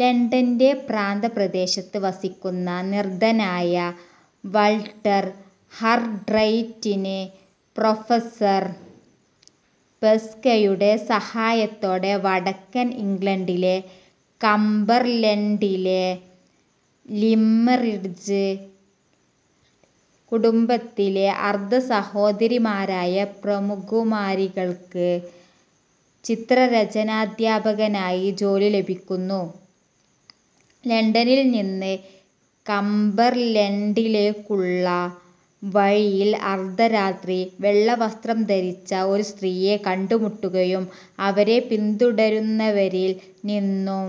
ലണ്ടന്റെ പ്രാന്തപ്രദേശത്ത് വസിക്കുന്ന നിർധനനായ Walter ഹാർട്രൈറ്റിന്, professor പെസ്കയുടെ സഹായത്തോടെ വടക്കൻ ഇംഗ്ലണ്ടിലെ കംബർലൻഡിലെ ലിമ്മറിഡ്ജ് കുടുംബത്തിലെ അർദ്ധസഹോദരിമാരായ പ്രഭുകുമാരികൾക്ക് ചിത്രരചനാദ്ധ്യാപകനായി ജോലി ലഭിക്കുന്നു. ലണ്ടനിൽ നിന്ന് കംബർലൻഡിലേക്കുള്ള വഴിയിൽ അർദ്ധരാത്രി, വെള്ളവസ്ത്രം ധരിച്ച ഒരു സ്ത്രീയെ കണ്ടുമുട്ടുകയും, അവരെ പിന്തുടരുന്നവരിൽ നിന്നും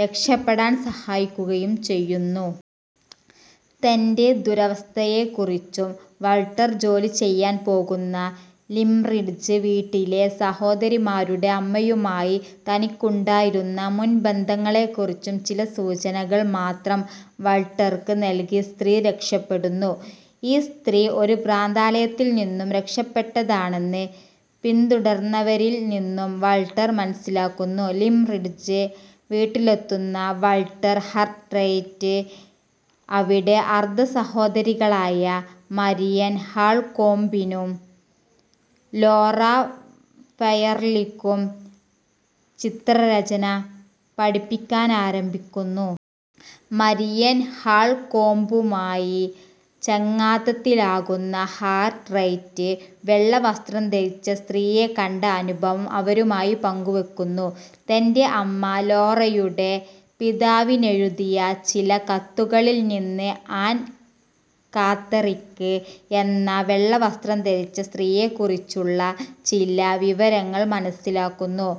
രക്ഷപ്പെടാൻ സഹായിക്കുകയും ചെയ്യുന്നു. തന്റെ ദുരവസ്ഥയെക്കുറിച്ചും, വാൾട്ടർ ജോലി ചെയ്യാൻ പോകുന്ന ലിമ്മറിഡ്ജ് വീട്ടിലെ സഹോദരിമാരുടെ അമ്മയുമായി തനിക്കുണ്ടായിരുന്ന മുൻബന്ധങ്ങളെക്കുറിച്ചും ചില സൂചനകൾ മാത്രം വാൾട്ടർക്ക് നൽകി സ്ത്രീ രക്ഷപ്പെടുന്നു. ഈ സ്ത്രീ ഒരു ഭ്രാന്താലയത്തിൽ നിന്നും രക്ഷപ്പെട്ടതാണെന്ന് പിന്തുടർന്നവരിൽ നിന്നും വാൾട്ടർ മനസ്സിലാക്കുന്നു. ലിമ്മറിഡ്ജ് വീട്ടിലെത്തുന്ന വാൾട്ടർ ഹാർട്രൈറ്റ് അവിടെ അർദ്ധസഹോദരികളായ മരിയൻ ഹാൾകോമ്പിനും ലോറ ഫെയർലിക്കും ചിത്രരചന പഠിപ്പിക്കാനാരംഭിക്കുന്നു. മരിയൻ ഹാൾകോമ്പുമായി ചങ്ങാത്തത്തിലാകുന്ന ഹാർട്രൈറ്റ്, വെള്ളവസ്ത്രം ധരിച്ച സ്ത്രീയെക്കണ്ട അനുഭവം അവരുമായി പങ്കുവെക്കുന്നു. തന്റെ അമ്മ, ലോറയുടെ പിതാവിനെഴുതിയ ചില കത്തുകളിൽ നിന്ന് ആൻ കാത്തറിക്ക് എന്ന വെള്ളവസ്ത്രം ധരിച്ച സ്ത്രീയെക്കുറിച്ചുള്ള ചില വിവരങ്ങൾ മനസ്സിലാക്കുന്നു.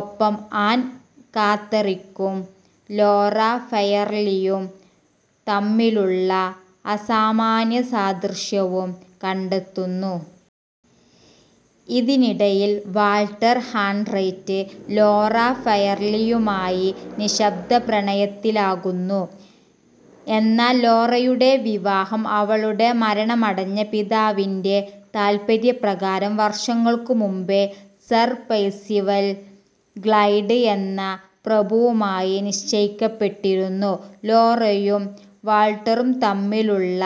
ഒപ്പം ആൻ കാത്തറിക്കും ലോറ ഫെയർലിയും തമ്മിലുള്ള അസാമാന്യസാദൃശ്യവും കണ്ടെത്തുന്നു. ഇതിനിടയിൽ വാൾട്ടർ ഹാർട്രൈറ്റ്, ലോറ ഫെയർലിയുമായി നിശ്ശബ്ദപ്രണയത്തിലാകുന്നു. എന്നാൽ ലോറയുടെ വിവാഹം അവളുടെ മരണമടഞ്ഞ പിതാവിന്റെ താല്പര്യപ്രകാരം വർഷങ്ങൾക്കു മുൻപേ സർ പെഴ്സിവൽ ഗ്ലൈഡ് എന്ന പ്രഭുവുമായി നിശ്ചയിക്കപ്പെട്ടിരുന്നു. ലോറയും വാൾട്ടറും തമ്മിലുള്ള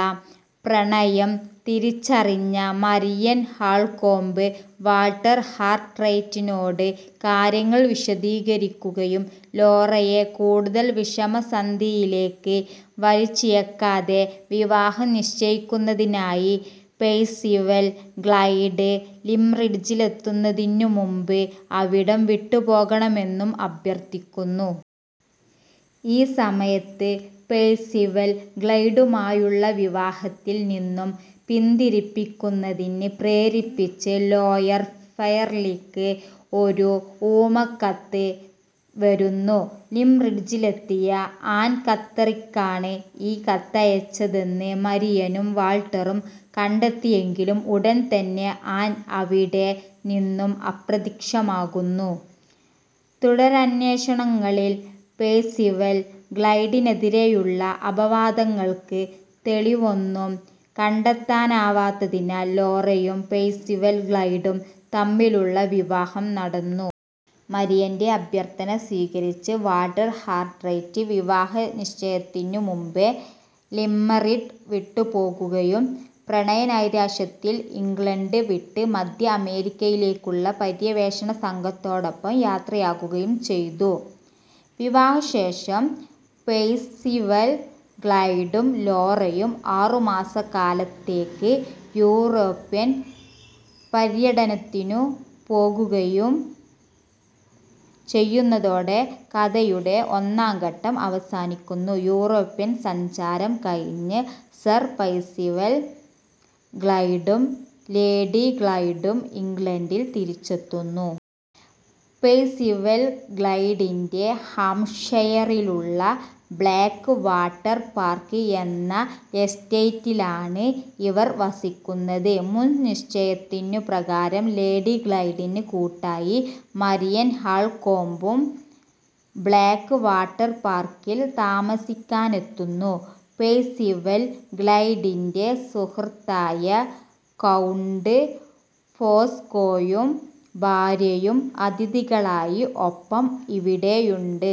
പ്രണയം തിരിച്ചറിഞ്ഞ മരിയൻ ഹാൾകോമ്പ്, വാൾട്ടർ ഹാർട്രൈറ്റിനോട് കാര്യങ്ങൾ വിശദീകരിക്കുകയും ലോറയെ കൂടുതൽ വിഷമസന്ധിയിലേക്ക് വലിച്ചിഴക്കാതെ, വിവാഹം നിശ്ചയിക്കുന്നതിനായി പെഴ്സിവൽ ഗ്ലൈഡ് ലിമ്മറിഡ്ജിലെത്തുന്നതിനുമുൻപ് അവിടം വിട്ടുപോകണമെന്നും അഭ്യർത്ഥിക്കുന്നു. ഈ സമയത്ത് പെഴ്സിവൽ ഗ്ലൈഡുമായുള്ള വിവാഹത്തിൽ നിന്നും പിന്തിരിപ്പിക്കുന്നതിന് പ്രേരിപ്പിച്ച് ലോറ ഫെയർലിക്ക് ഒരു ഊമക്കത്ത് വരുന്നു. ലിമ്മറിഡ്ജിലെത്തിയ ആൻ കാത്തറിക്കാണ് ഈ കത്തയച്ചതെന്ന് മരിയനും വാൾട്ടറും കണ്ടെത്തിയെങ്കിലും, ഉടൻ തന്നെ ആൻ അവിടെ നിന്നും അപ്രത്യക്ഷമാകുന്നു. തുടരന്വേഷണങ്ങളിൽ പെഴ്സിവൽ ഗ്ലൈഡിനെതിരെയുള്ള അപവാദങ്ങൾക്ക് തെളിവൊന്നും കണ്ടെത്താനാവത്തതിനാൽ ലോറയും പെഴ്സിവൽ ഗ്ലൈഡും തമ്മിലുള്ള വിവാഹം നടന്നു. മരിയന്റെ അഭ്യർത്ഥന സ്വീകരിച്ച് വാൾട്ടർ ഹാർട്രൈറ്റ്, വിവാഹനിശ്ചയത്തിനു മുൻപേ ലിമ്മറിഡ് വിട്ടുപോകുകയും പ്രണയനൈരാശ്യത്തിൽ ഇംഗ്ലണ്ട് വിട്ട് മദ്ധ്യ അമേരിക്കയിലേക്കുള്ള പര്യവേഷണ സംഘത്തോടൊപ്പം യാത്രയാകുകയും ചെയ്തു. വിവാഹശേഷം പെഴ്സിവൽ ഗ്ലൈഡും ലോറയും ആറു മാസക്കാലത്തേക്ക് യൂറോപ്യൻ പര്യടനത്തിനു പോകുകയും ചെയ്യുന്നതോടെ കഥയുടെ ഒന്നാം ഘട്ടം അവസാനിക്കുന്നു. യൂറോപ്യൻ സഞ്ചാരം കഴിഞ്ഞ് സർ പെഴ്സിവൽ ഗ്ലൈഡും ലേഡി ഗ്ലൈഡും ഇംഗ്ലണ്ടിൽ തിരിച്ചെത്തുന്നു. പെഴ്സിവൽ ഗ്ലൈഡിന്റെ ഹാംഷയറിലുള്ള ബ്ലാക്ക് വാട്ടർ പാർക്ക് എന്ന എസ്റ്റേറ്റിലാണ് ഇവർ വസിക്കുന്നത്. മുൻ നിശ്ചയിച്ചതു പ്രകാരം ലേഡി ഗ്ലൈഡിന് കൂട്ടായി മരിയൻ ഹാൾകോമ്പും ബ്ലാക്ക് വാട്ടർ പാർക്കിൽ താമസിക്കാനെത്തുന്നു. പെഴ്സിവൽ ഗ്ലൈഡിന്റെ സുഹൃത്തായ കൗണ്ട് ഫോസ്കോയും ഭാര്യയും അതിഥികളായി ഒപ്പം ഇവിടെയുണ്ട്.